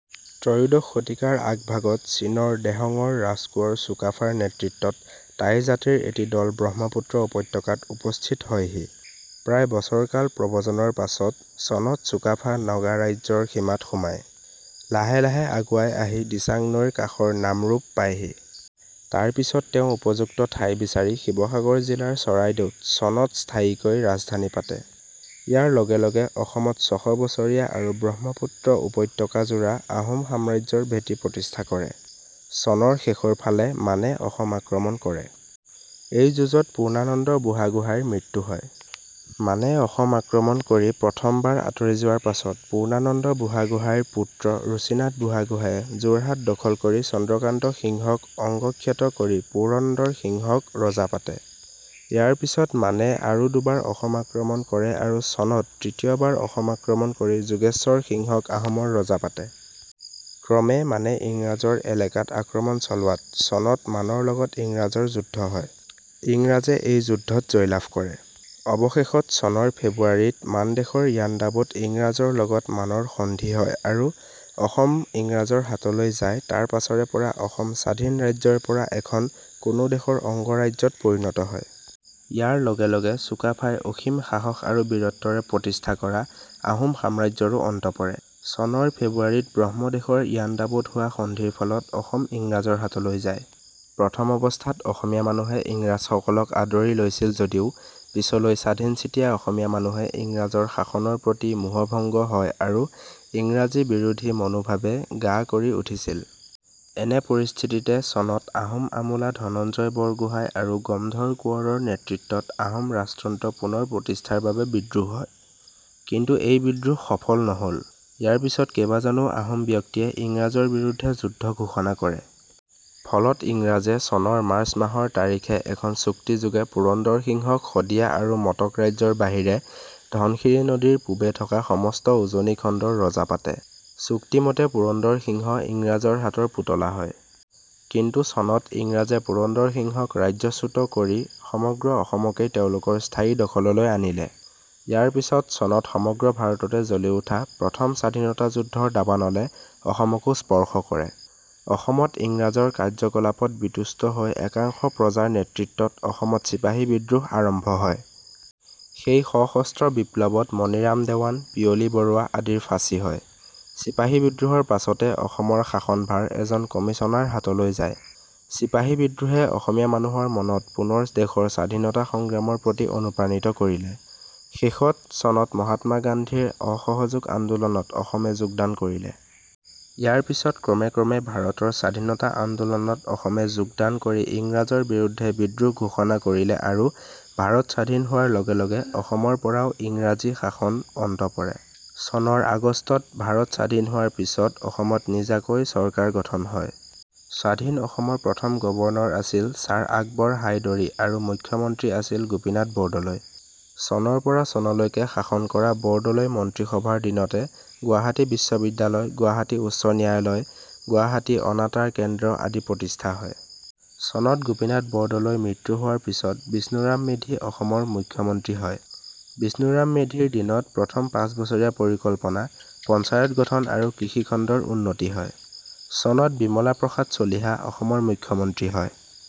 ত্ৰয়োদশ শতিকাৰ আগভাগত চীনৰ দেহংৰ ৰাজকোঁৱৰ চুকাফা ৰ নেতৃত্বত টাই জাতিৰ এটি দল ব্ৰহ্মপুত্ৰ উপত্যকাত উপস্থিত হয়হি। প্ৰায় বছৰ কাল প্ৰব্ৰজনৰ পাছত চনত চুকাফা নগাৰাজ্যৰ সীমাত সোমায়। লাহে লাহে আগুৱাই আহি দিচাং নৈৰ কাষৰ নামৰূপ পায়হি। তাৰপিছত তেওঁ উপযুক্ত ঠাই বিচাৰি শিৱসাগৰ জিলাৰ চৰাইদেউত চনত স্থায়ীকৈ ৰাজধানী পাতে। ইয়াৰ লগে লগে অসমত ছশ বছৰীয়া আৰু ব্ৰহ্মপুত্ৰ উপত্যকাজোৰা আহোম সাম্ৰাজ্য ৰ ভেটি প্ৰতিষ্ঠা কৰে। চনৰ শেষৰ ফালে মানে অসম আক্ৰমণ কৰে। এই যুঁজত পূৰ্ণানন্দ বুঢ়াগোহাঁইৰ মৃত্যু হয়। মানে অসম আক্ৰমণ কৰি প্ৰথম বাৰ আঁতৰি যোৱাৰ পাছত পূৰ্ণানন্দ বুঢ়াগোহাঁইৰ পুত্ৰ ৰুচিনাথ বুঢ়াগোহাঁইয়ে যোৰহাট দখল কৰি চন্দ্ৰকান্ত সিংহক অংগক্ষত কৰি পুৰন্দৰ সিংহ ক ৰজা পাতে। ইয়াৰ পিছত মানে আৰু দুবাৰ অসম আক্ৰমণ কৰে আৰু চনত তৃতীয়বাৰ অসম আক্ৰমণ কৰি যোগেশ্বৰ সিংহ ক আহোমৰ ৰজা পাতে। ক্ৰমে মানে ইংৰাজৰ এলেকাত আক্ৰমণ চলোৱাত চনত মানৰ লগত ইংৰাজৰ যুদ্ধ হয়। ইংৰাজে এই যুঁজত জয়লাভ কৰে। অৱশেষত চনৰ ফেব্ৰুৱাৰীত মানদেশৰ ইয়াণ্ডাবুত ইংৰাজৰ লগত মানৰ সন্ধি হয় আৰু অসম ইংৰাজৰ হাতলৈ যায় তাৰ পাছৰে পৰা অসম স্বাধীন ৰাজ্যৰ পৰা এখন কোনো দেশৰ অংগৰাজ্যত পৰিণত হয়। ইয়াৰ লগে লগে চুকাফাই অসীম সাহস আৰু বীৰত্বৰে প্ৰতিষ্ঠা কৰা আহোম সাম্ৰাজ্যৰো অন্ত পৰে। চনৰ ফেব্ৰুৱাৰীত ব্ৰহ্মদেশ ৰ ইয়াণ্ডাবুত হোৱা সন্ধিৰ ফলত অসম ইংৰাজৰ হাতলৈ যায়। প্ৰথম অৱস্থাত অসমীয়া মানুহে ইংৰাজসকলক আদৰি লৈছিল যদিও পিছলৈ স্বাধীনচিতিয়া অসমীয়া মানুহে ইংৰাজৰ শাসনৰ প্ৰতি মোহভংগ হয় আৰু ইংৰাজী-বিৰোধী মনোভাবে গা কৰি উঠিছিল। এনে পৰিস্থিতিতে চনত আহোম আমোলা ধনঞ্জয় বৰগোহাঁই আৰু গমধৰ কোঁৱৰৰ নেতৃত্বত আহোম ৰাজতন্ত্ৰ পুনৰ প্ৰতিষ্ঠাৰ বাবে বিদ্ৰোহ হয়। কিন্তু এই বিদ্ৰোহ সফল নহ'ল। ইয়াৰ পিছত কেইবাজনো আহোম ব্যক্তিয়ে ইংৰাজৰ বিৰুদ্ধে যুদ্ধ ঘোষণা কৰে। ফলত ইংৰাজে চনৰ মাৰ্চ মাহৰ তাৰিখে এখন চুক্তিযোগে পুৰন্দৰ সিংহ ক শদিয়া আৰু মটক ৰাজ্যৰ বাহিৰে ধনশিৰী নদী ৰ পূবে থকা সমস্ত উজনি খণ্ডৰ ৰজা পাতে। চুক্তিমতে পুৰন্দৰ সিংহ ইংৰাজৰ হাতৰ পুতলা হয়। কিন্তু চনত ইংৰাজে পুৰন্দৰ সিংহক ৰাজ্যচ্যুত কৰি সমগ্ৰ অসমকেই তেওঁলোকৰ স্থায়ী দখললৈ আনিলে। ইয়াৰ পিছত চনত সমগ্ৰ ভাৰততে জ্বলি উঠা প্ৰথম স্বাধীনতা যুদ্ধৰ দাবানলে অসমকো স্পৰ্শ কৰে। অসমত ইংৰাজৰ কাৰ্যকলাপত বিতুষ্ট হৈ একাংশ প্ৰজাৰ নেতৃত্বত অসমত চিপাহী বিদ্ৰোহ আৰম্ভ হয়। সেই সশস্ত্ৰ বিপ্লৱত মণিৰাম দেৱান, পিয়লি বৰুৱা আদিৰ ফাঁচি হয়। চিপাহী বিদ্ৰোহৰ পাছতে অসমৰ শাসনভাৰ এজন কমিছনাৰ হাতলৈ যায়। চিপাহী বিদ্ৰোহে অসমীয়া মানুহৰ মনত পুনৰ দেশৰ স্বাধীনতা সংগ্ৰামৰ প্ৰতি অনুপ্ৰাণিত কৰিলে। শেষত - চনত মহাত্মা গান্ধী ৰ অসহযোগ আন্দোলনত অসমে যোগদান কৰিলে। ইয়াৰ পিছত ক্ৰমে ক্ৰমে ভাৰতৰ স্বাধীনতা আন্দোলন ত অসমে যোগদান কৰি ইংৰাজৰ বিৰুদ্ধে বিদ্ৰোহ ঘোষণা কৰিলে আৰু ভাৰত স্বাধীন হোৱাৰ লগে লগে অসমৰ পৰাও ইংৰাজী শাসন অন্ত পৰে। চনৰ আগষ্টত ভাৰত স্বাধীন হোৱাৰ পিছত অসমত নিজাকৈ চৰকাৰ গঠন হয়। স্বাধীন অসমৰ প্ৰথম গৱৰ্ণৰ আছিল ছাৰ আকবৰ হাইদৰি আৰু মুখ্যমন্ত্ৰী আছিল গোপীনাথ বৰদলৈ। চনৰ পৰা চনলৈকে শাসন কৰা বৰদলৈ মন্ত্ৰীসভাৰ দিনতে গুৱাহাটী বিশ্ববিদ্যালয়, গুৱাহাটী উচ্চ ন্যায়ালয়, গুৱাহাটী অনাতাঁৰ কেন্দ্ৰ আদি প্ৰতিষ্ঠা হয়। চনত গোপীনাথ বৰদলৈ ৰ মৃত্যু হোৱাৰ পিছত বিষ্ণুৰাম মেধি অসমৰ মুখ্যমন্ত্ৰী হয়। বিষ্ণুৰাম মেধিৰ দিনত প্ৰথম পাঁচবছৰীয়া পৰিকল্পনা, পঞ্চায়ত গঠন আৰু কৃষিখণ্ডৰ উন্নতি হয়। চনত বিমলা প্ৰসাদ চলিহা অসমৰ মুখ্যমন্ত্ৰী হয়।